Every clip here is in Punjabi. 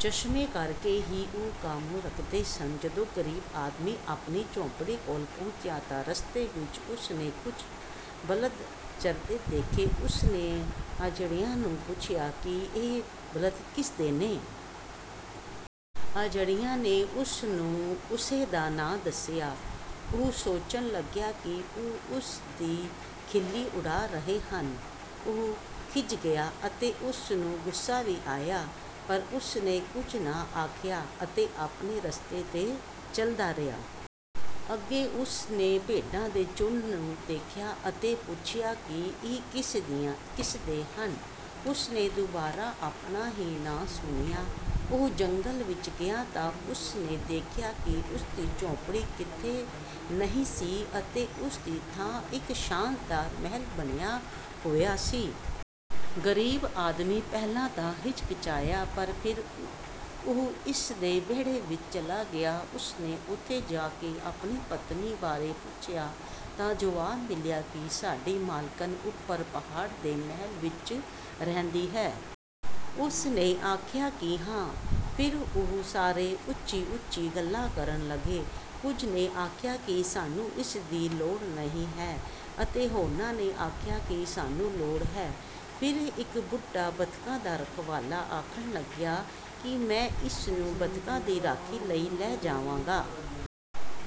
ਚਸ਼ਮੇ ਕਰਕੇ ਹੀ ਉਹ ਕਾਮੇ ਰੱਖਦੇ ਸਨ। ਜਦੋਂ ਗ਼ਰੀਬ ਆਦਮੀ ਆਪਣੀ ਝੌਂਪੜੀ ਕੋਲ ਪਹੁੰਚਿਆ ਤਾਂ ਰਸਤੇ ਵਿੱਚ ਉਸ ਨੇ ਕੁਝ ਬਲਦ ਚਰਦੇ ਦੇਖੇ। ਉਸ ਨੇ ਆਜੜੀਆਂ ਨੂੰ ਪੁੱਛਿਆ ਕਿ ਇਹ ਬਲਦ ਕਿਸ ਦੇ ਨੇ। ਆਜੜੀਆਂ ਨੇ ਉਸ ਨੂੰ ਉਸੇ ਦਾ ਨਾਂ ਦੱਸਿਆ। ਉਹ ਸੋਚਣ ਲੱਗਿਆ ਕਿ ਉਹ ਉਸ ਦੀ ਖਿੱਲੀ ਉਡਾ ਰਹੇ ਹਨ। ਉਹ ਖਿਝ ਗਿਆ ਅਤੇ ਉਸ ਨੂੰ ਗੁੱਸਾ ਵੀ ਆਇਆ, ਪਰ ਉਸ ਨੇ ਕੁਝ ਨਾ ਆਖਿਆ ਅਤੇ ਆਪਣੇ ਰਸਤੇ 'ਤੇ ਚੱਲਦਾ ਰਿਹਾ। ਅੱਗੇ ਉਸ ਨੇ ਭੇਡਾਂ ਦੇ ਝੁੰਡ ਨੂੰ ਦੇਖਿਆ ਅਤੇ ਪੁੱਛਿਆ ਕਿ ਇਹ ਕਿਸ ਦੇ ਹਨ। ਉਸ ਨੇ ਦੁਬਾਰਾ ਆਪਣਾ ਹੀ ਨਾਂ ਸੁਣਿਆ। ਉਹ ਜੰਗਲ ਵਿੱਚ ਗਿਆ ਤਾਂ ਉਸ ਨੇ ਦੇਖਿਆ ਕਿ ਉਸ ਦੀ ਝੌਂਪੜੀ ਕਿਤੇ ਨਹੀਂ ਸੀ ਅਤੇ ਉਸ ਦੀ ਥਾਂ ਇੱਕ ਸ਼ਾਨਦਾਰ ਮਹਿਲ ਬਣਿਆ ਹੋਇਆ ਸੀ। ਗ਼ਰੀਬ ਆਦਮੀ ਪਹਿਲਾਂ ਤਾਂ ਹਿਚਕਿਚਾਇਆ ਪਰ ਫਿਰ ਉਹ ਇਸ ਦੇ ਵਿਹੜੇ ਵਿੱਚ ਚਲਿਆ ਗਿਆ। ਉਸ ਨੇ ਉੱਥੇ ਜਾ ਕੇ ਆਪਣੀ ਪਤਨੀ ਬਾਰੇ ਪੁੱਛਿਆ ਤਾਂ ਜੁਆਬ ਮਿਲਿਆ ਕਿ ਸਾਡੀ ਮਾਲਕਣ ਉੱਪਰ ਪਹਾੜ 'ਤੇ ਮਹਿਲ ਵਿੱਚ ਰਹਿੰਦੀ ਹੈ। ਉਸ ਨੇ ਆਖਿਆ ਕਿ ਹਾਂ। ਫਿਰ ਉਹ ਸਾਰੇ ਉੱਚੀ-ਉੱਚੀ ਗੱਲਾਂ ਕਰਨ ਲੱਗੇ। ਕੁਝ ਨੇ ਆਖਿਆ ਕਿ ਸਾਨੂੰ ਇਸ ਦੀ ਲੋੜ ਨਹੀਂ ਹੈ ਅਤੇ ਹੋਰਨਾਂ ਨੇ ਆਖਿਆ ਕਿ ਸਾਨੂੰ ਲੋੜ ਹੈ। ਫਿਰ ਇੱਕ ਬੁੱਢਾ ਬੱਤਖਾਂ ਦਾ ਰਖਵਾਲਾ ਆਖਣ ਲੱਗਿਆ ਕਿ ਮੈਂ ਇਸ ਨੂੰ ਬੱਤਖਾਂ ਦੀ ਰਾਖੀ ਲਈ ਲੈ ਜਾਵਾਂਗਾ।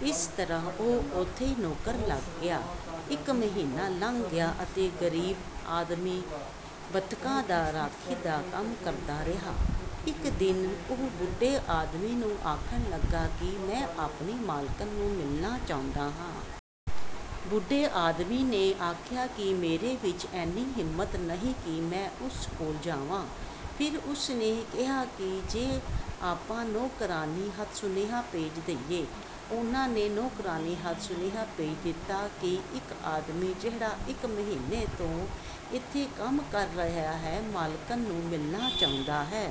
ਇਸ ਤਰ੍ਹਾਂ ਉਹ ਉੱਥੇ ਨੌਕਰ ਲੱਗ ਗਿਆ। ਇੱਕ ਮਹੀਨਾ ਲੰਘ ਗਿਆ ਅਤੇ ਗ਼ਰੀਬ ਆਦਮੀ ਬੱਤਖਾਂ ਦਾ ਰਾਖੀ ਦਾ ਕੰਮ ਕਰਦਾ ਰਿਹਾ। ਇੱਕ ਦਿਨ ਉਹ ਬੁੱਢੇ ਆਦਮੀ ਨੂੰ ਆਖਣ ਲੱਗਿਆ ਕਿ ਮੈਂ ਆਪਣੀ ਮਾਲਕਣ ਨੂੰ ਮਿਲਣਾ ਚਾਹੁੰਦਾ ਹਾਂ। ਬੁੱਢੇ ਆਦਮੀ ਨੇ ਆਖਿਆ ਕਿ ਮੇਰੇ ਵਿੱਚ ਐਨੀ ਹਿੰਮਤ ਨਹੀਂ ਕਿ ਮੈਂ ਉਸ ਕੋਲ ਜਾਵਾਂ। ਫਿਰ ਉਸ ਨੇ ਕਿਹਾ ਕਿ ਜੇ ਆਪਾਂ ਨੌਕਰਾਣੀ ਹੱਥ ਸੁਨੇਹਾ ਭੇਜ ਦੇਈਏ। ਉਨ੍ਹਾਂ ਨੇ ਨੌਕਰਾਣੀ ਹੱਥ ਸੁਨੇਹਾ ਭੇਜ ਦਿੱਤਾ ਕਿ ਇੱਕ ਆਦਮੀ, ਜਿਹੜਾ ਇੱਕ ਮਹੀਨੇ ਤੋਂ ਇੱਥੇ ਕੰਮ ਕਰ ਰਿਹਾ ਹੈ, ਮਾਲਕਣ ਨੂੰ ਮਿਲਣਾ ਚਾਹੁੰਦਾ ਹੈ।